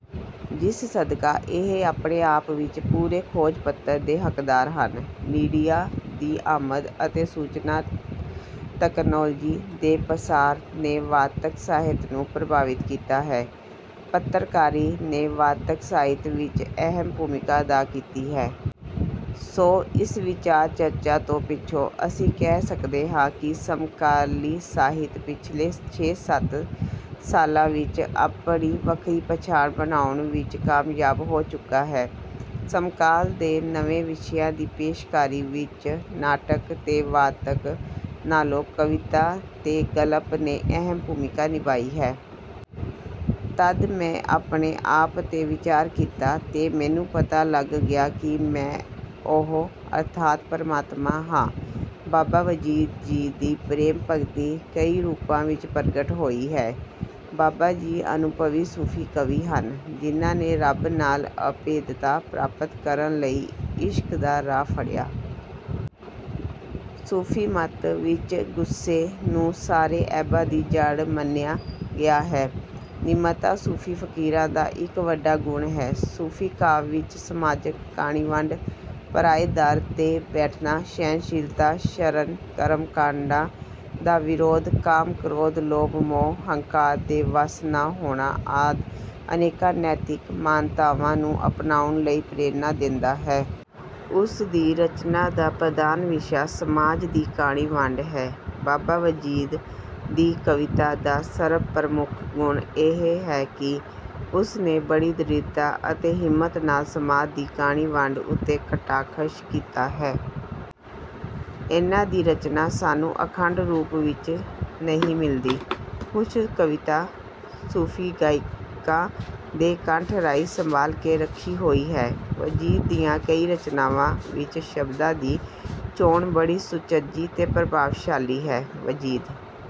ਜਿਸ ਸਦਕਾ ਇਹ ਆਪਣੇ ਆਪ ਵਿੱਚ ਪੂਰੇ ਖੋਜ-ਪੱਤਰ ਦੇ ਹੱਕਦਾਰ ਹਨ। ਮੀਡੀਆ ਦੀ ਆਮਦ ਅਤੇ ਸੂਚਨਾ ਤਕਨਾਲੋਜੀ ਦੇ ਪਸਾਰ ਨੇ ਵਾਰਤਕ ਸਾਹਿਤ ਨੂੰ ਪ੍ਰਭਾਵਿਤ ਕੀਤਾ ਹੈ। ਪੱਤਰਕਾਰੀ ਨੇ ਵਾਰਤਕ ਸਾਹਿਤ ਵਿੱਚ ਅਹਿਮ ਭੂਮਿਕਾ ਅਦਾ ਕੀਤੀ ਹੈ। ਸੋ ਇਸ ਵਿਚਾਰ-ਚਰਚਾ ਤੋਂ ਪਿੱਛੋਂ ਅਸੀਂ ਕਹਿ ਸਕਦੇ ਹਾਂ ਕਿ ਸਮਕਾਲੀ ਸਾਹਿਤ ਪਿਛਲੇ ਛੇ-ਸੱਤ ਸਾਲਾਂ ਵਿੱਚ ਆਪਣੀ ਵੱਖਰੀ ਪਛਾਣ ਬਣਾਉਣ ਵਿੱਚ ਕਾਮਯਾਬ ਹੋ ਚੁੱਕਾ ਹੈ। ਸਮਕਾਲ ਦੇ ਨਵੇਂ ਵਿਸ਼ਿਆਂ ਦੀ ਪੇਸ਼ਕਾਰੀ ਵਿੱਚ ਨਾਟਕ ਤੇ ਵਾਰਤਕ ਨਾਲੋਂ ਕਵਿਤਾ ਤੇ ਗਲਪ ਨੇ ਅਹਿਮ ਭੂਮਿਕਾ ਨਿਭਾਈ ਹੈ। ਤਦ ਮੈਂ ਆਪਣੇ ਆਪ ਤੇ ਵਿਚਾਰ ਕੀਤਾ ਤੇ ਮੈਨੂੰ ਪਤਾ ਲੱਗ ਗਿਆ ਕਿ ਮੈਂ ਉਹ, ਅਰਥਾਤ ਪਰਮਾਤਮਾ ਹਾਂ।" ਬਾਬਾ ਵਜੀਦ ਜੀ ਦੀ ਪ੍ਰੇਮ-ਭਗਤੀ ਕਈ ਰੂਪਾਂ ਵਿੱਚ ਪ੍ਰਗਟ ਹੋਈ ਹੈ। ਬਾਬਾ ਜੀ ਅਨੁਭਵੀ ਸੂਫ਼ੀ ਕਵੀ ਹਨ ਜਿਨ੍ਹਾਂ ਨੇ ਰੱਬ ਨਾਲ ਅਭੇਦਤਾ ਪ੍ਰਾਪਤ ਕਰਨ ਲਈ ਇਸ਼ਕ ਦਾ ਰਾਹ ਫੜਿਆ। ਸੂਫ਼ੀਮਤ ਵਿੱਚ ਗੁੱਸੇ ਨੂੰ ਸਾਰੇ ਐਬਾਂ ਦੀ ਜੜ੍ਹ ਮੰਨਿਆ ਗਿਆ ਹੈ। ਨਿਮਰਤਾ ਸੂਫ਼ੀ ਫਕੀਰਾਂ ਦਾ ਇੱਕ ਵੱਡਾ ਗੁਣ ਹੈ। ਸੂਫ਼ੀ ਕਾਵਿ ਵਿੱਚ ਸਮਾਜਕ ਕਾਣੀ ਵੰਡ, ਪਰਾਏ ਦਰ ਤੇ ਬੈਠਣਾ, ਸਹਿਣਸ਼ੀਲਤਾ, ਸ਼ਰਨ, ਕਰਮ-ਕਾਂਡਾਂ ਦਾ ਵਿਰੋਧ, ਕਾਮ, ਕ੍ਰੋਧ, ਲੋਭ, ਮੋਹ, ਹੰਕਾਰ ਦੇ ਵੱਸ ਨਾ ਹੋਣਾ ਆਦਿ ਅਨੇਕਾਂ ਨੈਤਿਕ ਮਾਨਤਾਵਾਂ ਨੂੰ ਅਪਣਾਉਣ ਲਈ ਪ੍ਰੇਰਨਾ ਦਿੰਦਾ ਹੈ। ਉਸ ਦੀ ਰਚਨਾ ਦਾ ਪ੍ਰਧਾਨ ਵਿਸ਼ਾ ਸਮਾਜ ਦੀ ਕਾਣੀ ਵੰਡ ਹੈ। ਬਾਬਾ ਵਜੀਦ ਦੀ ਕਵਿਤਾ ਦਾ ਸਰਬ-ਪ੍ਰਮੁੱਖ ਗੁਣ ਇਹ ਹੈ ਕਿ ਉਸਨੇ ਬੜੀ ਦ੍ਰਿੜ੍ਹਤਾ ਅਤੇ ਹਿੰਮਤ ਨਾਲ ਸਮਾਜ ਦੀ ਕਾਣੀ ਵੰਡ ਉੱਤੇ ਕਟਾਖ਼ਸ਼ ਕੀਤਾ ਹੈ। ਇਨ੍ਹਾਂ ਦੀ ਰਚਨਾ ਸਾਨੂੰ ਅਖੰਡ ਰੂਪ ਵਿੱਚ ਨਹੀਂ ਮਿਲਦੀ। ਕੁਝ ਕਵਿਤਾ ਸੂਫ਼ੀ ਗਾਇਕਾਂ ਦੇ ਕੰਠ ਰਾਹੀਂ ਸੰਭਾਲ ਕੇ ਰੱਖੀ ਹੋਈ ਹੈ। ਵਜੀਦ ਦੀਆਂ ਕਈ ਰਚਨਾਵਾਂ ਵਿੱਚ ਸ਼ਬਦਾਂ ਦੀ ਚੋਣ ਬੜੀ ਸੁਚੱਜੀ ਤੇ ਪ੍ਰਭਾਵਸ਼ਾਲੀ ਹੈ। ਵਜੀਦ